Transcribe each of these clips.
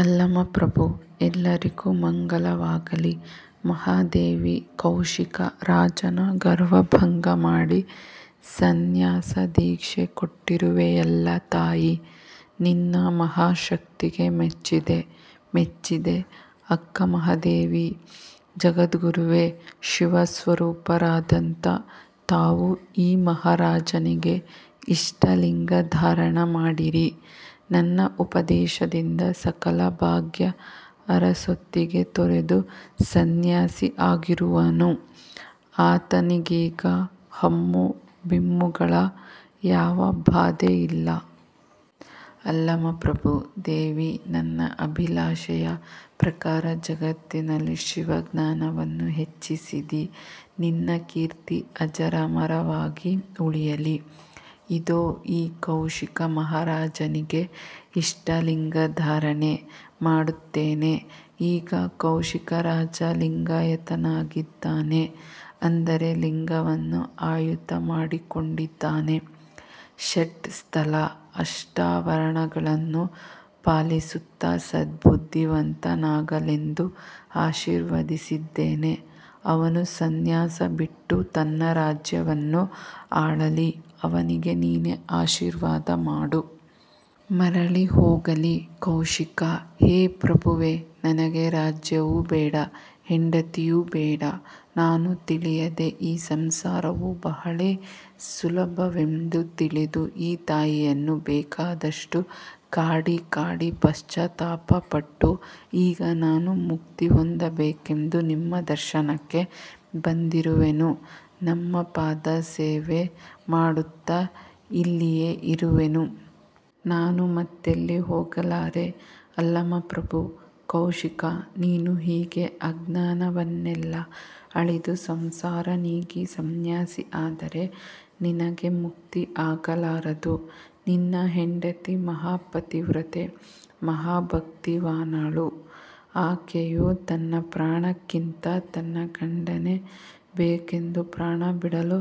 ಅಲ್ಲಮಪ್ರಭು: ಎಲ್ಲರಿಗೂ ಮಂಗಲವಾಗಲಿ! ಮಹಾದೇವಿ, ಕೌಶಿಕ ರಾಜನ ಗರ್ವಭಂಗಮಾಡಿ, ಸಂನ್ಯಾಸ ದೀಕ್ಷೆ ಕೊಟ್ಟಿರುವೆಯಲ್ಲ ತಾಯಿ. ನಿನ್ನ ಮಹಾಶಕ್ತಿಗೆ ಮೆಚ್ಚಿದೆ, ಮೆಚ್ಚಿದೆ. ಅಕ್ಕಮಹಾದೇವಿ: ಜಗದ್ಗುರುವೆ, ಶಿವಸ್ವರೂಪರಾದಂಥಾ ತಾವು ಈ ಮಹಾರಾಜನಿಗೆ ಇಷ್ಟಲಿಂಗ ಧಾರಣ ಮಾಡಿರಿ. ನನ್ನ ಉಪದೇಶದಿಂದ ಸಕಲ ಭಾಗ್ಯ ಅರಸೊತ್ತಿಗೆ ತೊರೆದು ಸಂನ್ಯಾಸಿ ಆಗಿರುವನು. ಆತನಿಗೀಗ ಹಮ್ಮು: ಬಿಮ್ಮುಗಳ ಯಾವ ಬಾಧೆಯಿಲ್ಲ. ಅಲ್ಲಮಪ್ರಭು: ದೇವಿ, ನನ್ನ ಅಭಿಲಾಷೆಯ ಪ್ರಕಾರ ಜಗತ್ತಿನಲ್ಲಿ ಶಿವಜ್ಞಾನವನ್ನು ಹೆಚ್ಚಿಸಿದಿ. ನಿನ್ನ ಕೀರ್ತಿ ಅಜರಾಮರವಾಗಿ ಉಳಿಯಲಿ! ಇದೋ ಈ ಕೌಶಿಕ ಮಹಾರಾಜನಿಗೆ ಇಷ್ಟಲಿಂಗಧಾರಣೆ ಮಾಡುತ್ತೇನೆ. ಈಗ ಕೌಶಿಕರಾಜ ಲಿಂಗಾಯತನಾಗಿದ್ದಾನೆ. ಅಂದರೆ ಲಿಂಗವನ್ನು ಆಯುತ ಮಾಡಿಕೊಂಡಿದ್ದಾನೆ. ಷಟ್ ಸ್ಥಲ, ಅಷ್ಟಾವರಣಗಳನ್ನು ಪಾಲಿಸುತ್ತ ಸದ್ಬುದ್ಧಿವಂತ ನಾಗಲೆಂದು ಆಶೀರ್ವದಿಸಿದ್ದೇನೆ. ಅವನು ಸಂನ್ಯಾಸ ಬಿಟ್ಟು ತನ್ನ ರಾಜ್ಯವನ್ನು ಆಳಲಿ ಅವನಿಗೆ ನೀನೇ ಆಶೀರ್ವಾದ ಮಾಡು. ಮರಳಿ ಹೋಗಲಿ. ಕೌಶಿಕ: ಹೇ ಪ್ರಭುವೇ, ನನಗೆ ರಾಜ್ಯವು ಬೇಡಾ. ಹೆಂಡತಿಯು ಬೇಡಾ. ನಾನು ತಿಳಿಯದೇ, ಈ ಸಂಸಾರವು ಬಹಳೇ ಸುಲಭವೆಂದು ತಿಳಿದು ಈ ತಾಯಿಯನ್ನು ಬೇಕಾದಷ್ಟು ಕಾಡಿಕಾಡಿ ಪಶ್ಚಾತ್ತಾಪಪಟ್ಟು, ಈಗ ನಾನು ಮುಕ್ತಿ ಹೊಂದಬೇಕೆಂದು ನಿಮ್ಮ ದರ್ಶನಕ್ಕೆ ಬಂದಿರುವೆನು. ನಮ್ಮ ಪಾದಸೇವೆ ಮಾಡುತ್ತ ಇಲ್ಲಿಯೇ ಇರುವೆನು. ನಾನು ಮತ್ತೆಲ್ಲಿ ಹೋಗಲಾರೆ. ಅಲ್ಲಮಪ್ರಭು: ಕೌಶಿಕಾ, ನೀನು ಹೀಗೆ ಅಜ್ಞಾನವನ್ನೆಲ್ಲಾ ಅಳಿದು ಸಂಸಾರ ನೀಗಿ ಸಂನ್ಯಾಸಿ ಆದರೆ ನಿನಗೆ ಮುಕ್ತಿ ಆಗಲಾರದು. ನಿನ್ನ ಹೆಂಡತಿ ಮಹಾಪತಿವ್ರತೆ, ಮಹಾಭಕ್ತಿವಾನಳು. ಆಕೆಯು ತನ್ನ ಪ್ರಾಣಕ್ಕಿಂತ ತನ್ನ ಗಂಡನೇ ಬೇಕೆಂದು ಪ್ರಾಣಬಿಡಲು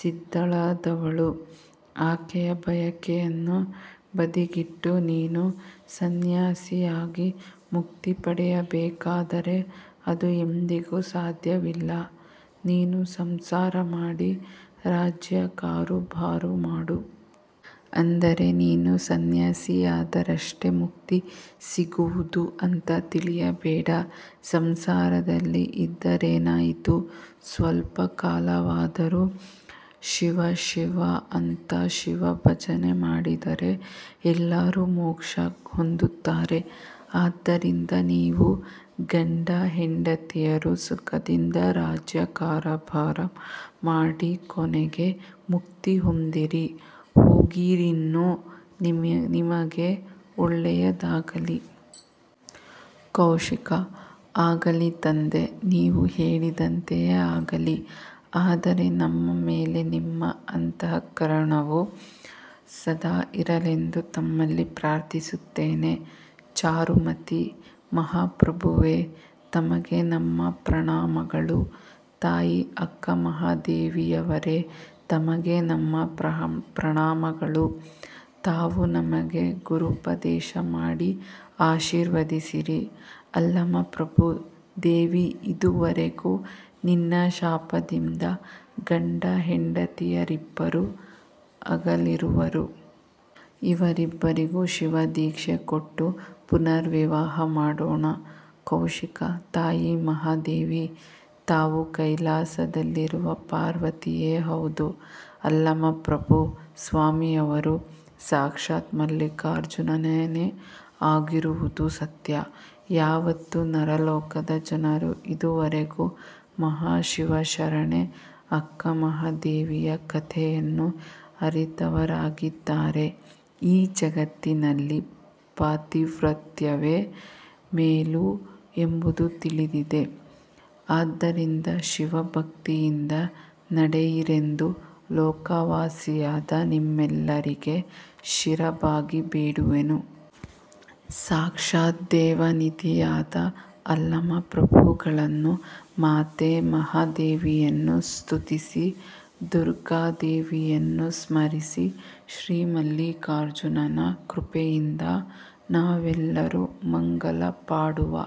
ಸಿದ್ಧಳಾದವಳು. ಆಕೆಯ ಬಯಕೆಯನ್ನು ಬದಿಗಿಟ್ಟು, ನೀನು ಸಂನ್ಯಾಸಿಯಾಗಿ ಮುಕ್ತಿ ಪಡೆಯಬೇಕಾದರೆ ಅದು ಎಂದಿಗೂ ಸಾಧ್ಯವಿಲ್ಲ, ನೀನು ಸಂಸಾರ ಮಾಡಿ ರಾಜ್ಯ ಕಾರುಭಾರು ಮಾಡು. ಅಂದರೆ ನೀನು ಸಂನ್ಯಾಸಿಯಾದರಷ್ಟೇ ಮುಕ್ತಿ ಸಿಗುವುದು ಅಂತಾ ತಿಳಿಯಬೇಡಾ. ಸಂಸಾರದಲ್ಲಿ ಇದ್ದರೇನಾಯಿತು? ಸ್ವಲ್ಪ ಕಾಲವಾದರೂ ಶಿವಶಿವಾ ಅಂತಾ ಶಿವ ಭಜನೆ ಮಾಡಿದರೆ ಎಲ್ಲರೂ ಮೋಕ್ಷ ಹೊಂದುತ್ತಾರೆ. ಆದ್ದರಿಂದ ನೀವು ಗಂಡ: ಹೆಂಡತಿಯರು ಸುಖದಿಂದ ರಾಜ್ಯ ಕಾರಭಾರ ಮಾಡಿ ಕೊನೆಗೆ ಮುಕ್ತಿ ಹೊಂದಿರಿ. ಹೋಗಿರಿನ್ನು ನಿಮಗೆ ಒಳ್ಳೆಯದಾಗಲಿ! ಕೌಶಿಕ: ಆಗಲಿ ತಂದೇ, ನೀವು ಹೇಳಿದಂತೆಯೇ ಆಗಲಿ. ಆದರೆ ನಮ್ಮ ಮೇಲೆ ನಿಮ್ಮ ಅಂತಃಕರುಣವು ಸದಾ ಇರಲೆಂದು ತಮ್ಮಲ್ಲಿ ಪ್ರಾರ್ಥಿಸುತ್ತೇನೆ. ಚಾರುಮತಿ: ಮಹಾಪ್ರಭುವೆ ತಮಗೆ ನಮ್ಮ ಪ್ರಣಾಮಗಳು. ತಾಯಿ ಅಕ್ಕಮಹಾದೇವಿಯವರೇ ತಮಗೆ ನಮ್ಮ ಪ್ರಣಾಮಗಳು. ತಾವು ನಮಗೆ ಗುರುಪದೇಶ ಮಾಡಿ ಆಶೀರ್ವದಿಸಿರಿ. ಅಲ್ಲಮಪ್ರಭು: ದೇವಿ, ಇದುವರೆಗೂ ನಿನ್ನ ಶಾಪದಿಂದ ಗಂಡ ಹೆಂಡತಿಯರಿಬ್ಬರೂ ಅಗಲಿರುವರು. ಇವರಿಬ್ಬರಿಗೂ ಶಿವದೀಕ್ಷೆ ಕೊಟ್ಟು ಪುನರ್ವಿವಾಹ ಮಾಡೋಣ. ಕೌಶಿಕ: ತಾಯೆ ಮಹಾದೇವಿ, ತಾವು ಕೈಲಾಸದಲ್ಲಿರುವ ಪಾರ್ವತಿಯೇ ಹೌದು. ಅಲ್ಲಮಪ್ರಭು ಸ್ವಾಮಿಯವರು ಸಾಕ್ಷಾತ್ ಮಲ್ಲಿಕಾರ್ಜುನನೇ ಆಗಿರುವುದು ಸತ್ಯ. ಯಾವತ್ತು ನರಲೋಕದ ಜನರು ಇದುವರೆಗೂ ಮಹಾಶಿವಶರಣೆ ಅಕ್ಕಮಹಾದೇವಿಯ ಕಥೆಯನ್ನು ಅರಿತವರಾಗಿದ್ದಾರೆ. ಈ ಜಗತ್ತಿನಲ್ಲಿ ಪಾತಿವ್ರತ್ಯವೇ ಮೇಲು ಎಂಬುದು ತಿಳಿದಿದೆ. ಆದ್ದರಿಂದ ಶಿವಭಕ್ತಿಯಿಂದ ನಡೆಯಿರೆಂದು ಲೋಕವಾಸಿಯಾದ ನಿಮ್ಮೆಲ್ಲರಿಗೆ ಶಿರಬಾಗಿ ಬೇಡುವೆನು. ಸಾಕ್ಷಾತ್ ದೇವನಿಧಿಯಾದ ಅಲ್ಲಮಪ್ರಭುಗಳನ್ನು, ಮಾತೆ ಮಹಾದೇವಿಯನ್ನು ಸ್ತುತಿಸಿ, ದುರ್ಗಾ ದೇವಿಯನ್ನು ಸ್ಮರಿಸಿ, ಶ್ರೀ ಮಲ್ಲಿಕಾರ್ಜುನನ ಕೃಪೆಯಿಂದ ನಾವೆಲ್ಲರೂ ಮಂಗಲ ಪಾಡುವಾ.